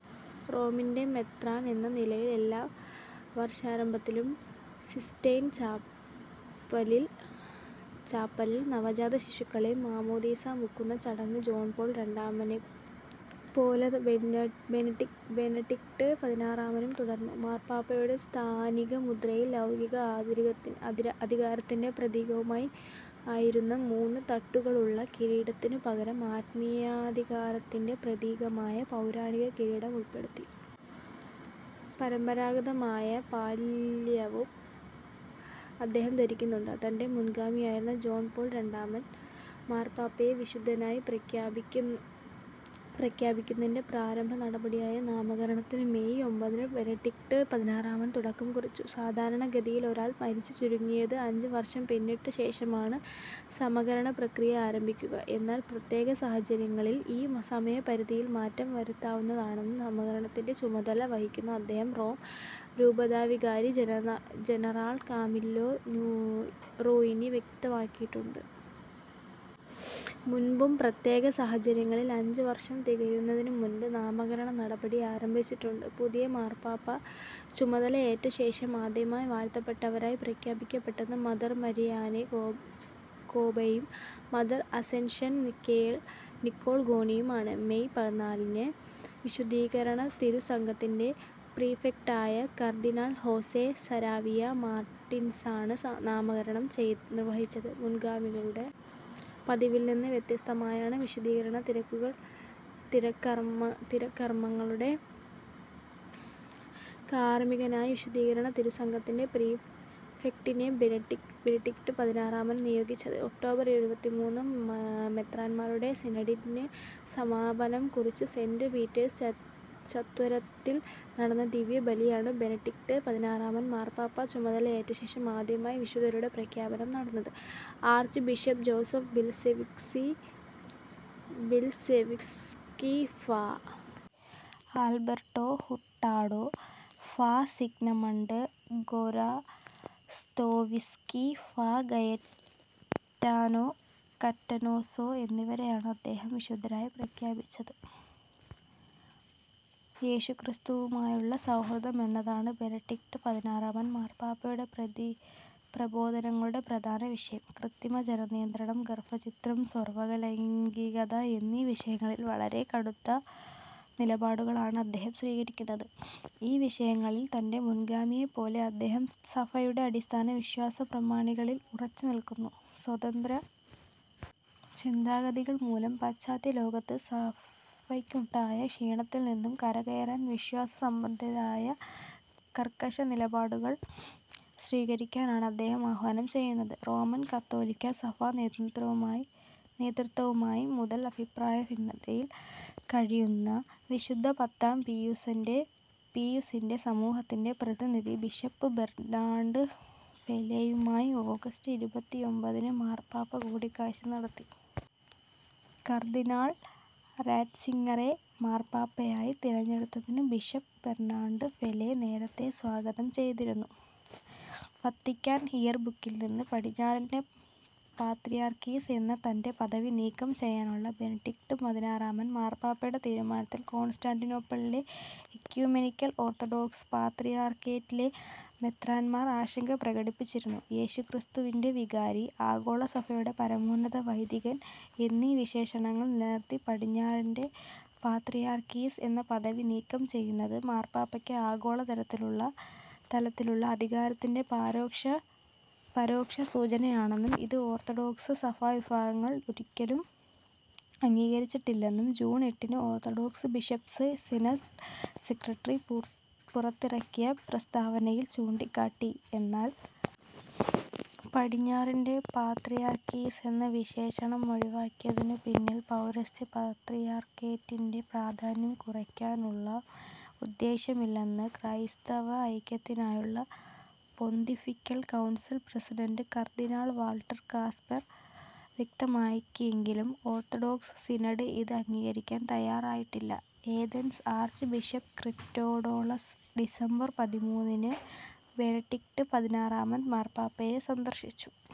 റോമിൻ്റെ മെത്രാൻ എന്ന നിലയിൽ എല്ലാ വർഷാരംഭത്തിലും സിസ്റ്റൈൻ ചാപ്പലിൽ നവജാത ശിശുക്കളെ മാമ്മോദീസ മുക്കുന്ന ചടങ്ങ് ജോൺ പോൾ രണ്ടാമനെപ്പോലെ ബെനഡിക്ട് പതിനാറാമനും തുടർന്നു. മാർപ്പാപ്പയുടെ സ്ഥാനിക മുദ്രയിൽ ലൗകിക അധികാരത്തിൻ്റെ പ്രതീകമായിരുന്ന മൂന്ന് തട്ടുകളുള്ള കിരീടത്തിനു പകരം ആത്മീയാധികാരത്തിൻ്റെ പ്രതീകമായ പൗരാണിക കിരീടം ഉൾപ്പെടുത്തി. പരമ്പരാഗതമായ പാല്ലിയവും അദ്ദേഹം ധരിക്കുന്നുണ്ട്. തൻ്റെ മുൻഗാമിയായിരുന്ന ജോൺ പോൾ രണ്ടാമൻ മാർപ്പാപ്പയെ വിശുദ്ധനായി പ്രഖ്യാപിക്കുന്നതിൻ്റെ പ്രാരംഭ നടപടിയായ നാമകരണത്തിന് മേയ് ഒമ്പതിന് ബെനഡിക്ട് പതിനാറാമൻ തുടക്കം കുറിച്ചു. സാധാരണ ഗതിയിൽ മരിച്ച് ചുരുങ്ങിയത് അഞ്ച് വർഷം പിന്നിട്ട ശേഷമാണ് സ്വന്തം പേരിൽ പോലും സമകരണ പ്രക്രിയ ആരംഭിക്കുക. എന്നാൽ പ്രത്യേക സാഹചര്യങ്ങളിൽ ഈ സമയപരിധിയിൽ മാറ്റം വരുത്താവുന്നതാണെന്ന് നാമകരണത്തിൻ്റെ ചുമതല വഹിക്കുന്ന റോം രൂപതാ വികാരി ജനറാൾ കാമില്ലോ റൂയിനി വ്യക്താക്കിയിട്ടുണ്ട്. മുൻപും പ്രത്യേക സാഹചര്യങ്ങളിൽ അഞ്ച് വർഷം തികയുന്നതിനു മുൻപ് നാമകരണ നടപടി ആരംഭിച്ചിട്ടുണ്ട്. പുതിയ മാർപ്പാപ്പ ചുമതലയേറ്റശേഷം ആദ്യമായി വാഴ്ത്തപ്പെട്ടവരായി പ്രഖ്യാപിക്കപ്പെട്ടത് മദർ മരിയാനെ കോപെയും മദർ അസെൻഷൻ നിക്കോൾ ഗോണിയുമാണ്. മേയ് പതിനാലിന് വിശുദ്ധീകരണ തിരുസംഘത്തിൻ്റെ പ്രീഫെക്ടായ കർദ്ദിനാൾ ഹോസെ സരാവിയ മാർട്ടിൻസാണ് നാമകരണം നിർവഹിച്ചത്. മുൻഗാമികളുടെ പതിവിൽനിന്ന് വ്യത്യസ്തമായാണ് വിശുദ്ധീകരണ തിരുക്കർമകളുടെ കാർമികനായി വിശുദ്ധീകരണ തിരുസംഘത്തിൻ്റെ പ്രീഫെക്ടിനെ ബെനഡിക്ട് പതിനാറാമൻ നിയോഗിച്ചത്. ഒക്ടോബർ ഇരുപത്തിമൂന്നിന് മെത്രാൻമാരുടെ സിനഡിന് സമാപനം കുറിച്ച് സെന്റ് പീറ്റേഴ്സ് ചത്വരത്തിൽ നടന്ന ദിവ്യബലിയിലാണ് ബെനഡിക്ട് പതിനാറാമൻ മാർപ്പാപ്പ ചുമതലയേറ്റശേഷം ആദ്യമായി വിശുദ്ധരുടെ പ്രഖ്യാപനം നടന്നത്. ആർച്ച് ബിഷപ്പ് ജോസഫ് ബിൽസെവ്സ്കി, ഫാ. ആൽബെർട്ടോ ഹുർട്ടാഡോ, ഫാ. സിഗ്മണ്ട് ഗൊരാസ്ദോവ്സ്കി, ഫാ. ഗയെറ്റാനോ കറ്റനോസോ എന്നിവരെയാണ് അദ്ദേഹം വിശുദ്ധരായി പ്രഖ്യാപിച്ചത്. യേശുക്രിസ്തുവുമായുള്ള സൗഹൃദം എന്നതാണ് ബെനഡിക്ട് പതിനാറാമൻ മാർപ്പാപ്പയുടെ പ്രബോധനങ്ങളുടെ പ്രധാന വിഷയം. കൃത്രിമ ജനനനിയന്ത്രണം, ഗർഭഛിദ്രം, സ്വവർഗ ലൈംഗികത എന്നീ വിഷയങ്ങളിൽ വളരെ കടുത്ത നിലപാടുകളാണ് അദ്ദേഹം സ്വീകരിക്കുന്നത്. ഈ വിഷയങ്ങളിൽ തൻ്റെ മുൻഗാമിയെപ്പോലെ അദ്ദേഹം സഭയുടെ അടിസ്ഥാന വിശ്വാസ പ്രമാണങ്ങളിൽ ഉറച്ചുനിൽക്കുന്നു. സ്വതന്ത്ര ചിന്താഗതികൾ മൂലം പാശ്ചാത്യ ലോകത്ത് സഭയ്ക്കുണ്ടായ ക്ഷീണത്തിൽനിന്നും കരകയറാൻ വിശ്വാസ സംബന്ധിയായി കർക്കശ നിലപാടുകൾ സ്വീകരിക്കാനാണ് അദ്ദേഹം ആഹ്വാനം ചെയ്യുന്നത്. റോമൻ കത്തോലിക്കാ സഭാ നേതൃത്വവുമായി മുതൽ അഭിപ്രായ ഭിന്നതയിൽ കഴിയുന്ന വിശുദ്ധ പത്താം പീയുസിൻ്റെ സമൂഹത്തിൻ്റെ പ്രതിനിധി ബിഷപ്പ് ബെർനാഡ് ഫെലേയുമായി ഓഗസ്റ്റ് ഇരുപത്തിയൊമ്പതിന് മാർപ്പാപ്പ കൂടിക്കാഴ്ച നടത്തി. കർദ്ദിനാൾ റാറ്റ്സിംഗറെ മാർപ്പാപ്പയായി തെരഞ്ഞെടുത്തതിനെ ബിഷപ്പ് ബെർനാഡ് ഫെലേ നേരത്തെ സ്വാഗതം ചെയ്തിരുന്നു. വത്തിക്കാൻ ഇയർ ബുക്കിൽനിന്ന് പടിഞ്ഞാറിൻ്റെ പാത്രിയാർക്കീസ് എന്ന തൻ്റെ പദവി നീക്കം ചെയ്യാനുള്ള ബെനഡിക്ട് പതിനാറാമൻ മാർപ്പാപ്പയുടെ തീരുമാനത്തിൽ കോൺസ്റ്റാന്റിനോപ്പിളിലെ എക്യുമെനിക്കൽ ഓർത്തഡോക്സ് പാത്രിയാർക്കേറ്റിലെ മെത്രാൻമാർ ആശങ്ക പ്രകടിപ്പിച്ചിരുന്നു. യേശുക്രിസ്തുവിൻ്റെ വികാരി, ആഗോള സഭയുടെ പരമോന്നത വൈദികൻ എന്നീ വിശേഷണങ്ങൾ നിലനിർത്തി പടിഞ്ഞാറിൻ്റെ പാത്രിയാർക്കീസ് എന്ന പദവി നീക്കം ചെയ്യുന്നത് മാർപ്പാപ്പയ്ക്ക് ആഗോള തലത്തിലുള്ള അധികാരത്തിൻ്റെ പരോക്ഷ സൂചനയാണെന്നും ഇത് ഓർത്തഡോക്സ് സഭാ വിഭാഗങ്ങൾ ഒരിക്കലും അംഗീകരിച്ചിട്ടില്ലെന്നും ജൂൺ എട്ടിന് ഓർത്തഡോക്സ് ബിഷപ്പ്സ് സിനഡ് സെക്രട്ടറി പുറത്തിറക്കിയ പ്രസ്താവനയിൽ ചൂണ്ടിക്കാട്ടി. എന്നാൽ പടിഞ്ഞാറിൻ്റെ പാത്രിയാർക്കീസ് എന്ന വിശേഷണം ഒഴിവാക്കിയതിനു പിന്നിൽ പൗരസ്ത്യ പാത്രിയാർക്കേറ്റിൻ്റെ പ്രാധാന്യം കുറയ്ക്കാനുള്ള ഉദ്ദേശ്യമില്ലെന്ന് ക്രൈസ്തവ ഐക്യത്തിനായുള്ള പൊന്തിഫിക്കൽ കൗൺസിൽ പ്രസിഡന്റ് കർദ്ദിനാൾ വാൾട്ടർ കാസ്പെർ വ്യക്തമാക്കിയെങ്കിലും ഓർത്തഡോക്സ് സിനഡ് ഇത് അംഗീകരിക്കാൻ തയ്യാറായിട്ടില്ല. Athens archbishop Christodoulos December പതിമൂന്നിന് ബെനഡിക്ട് പതിനാറാമൻ മാർപ്പാപ്പയെ സന്ദർശിച്ചു.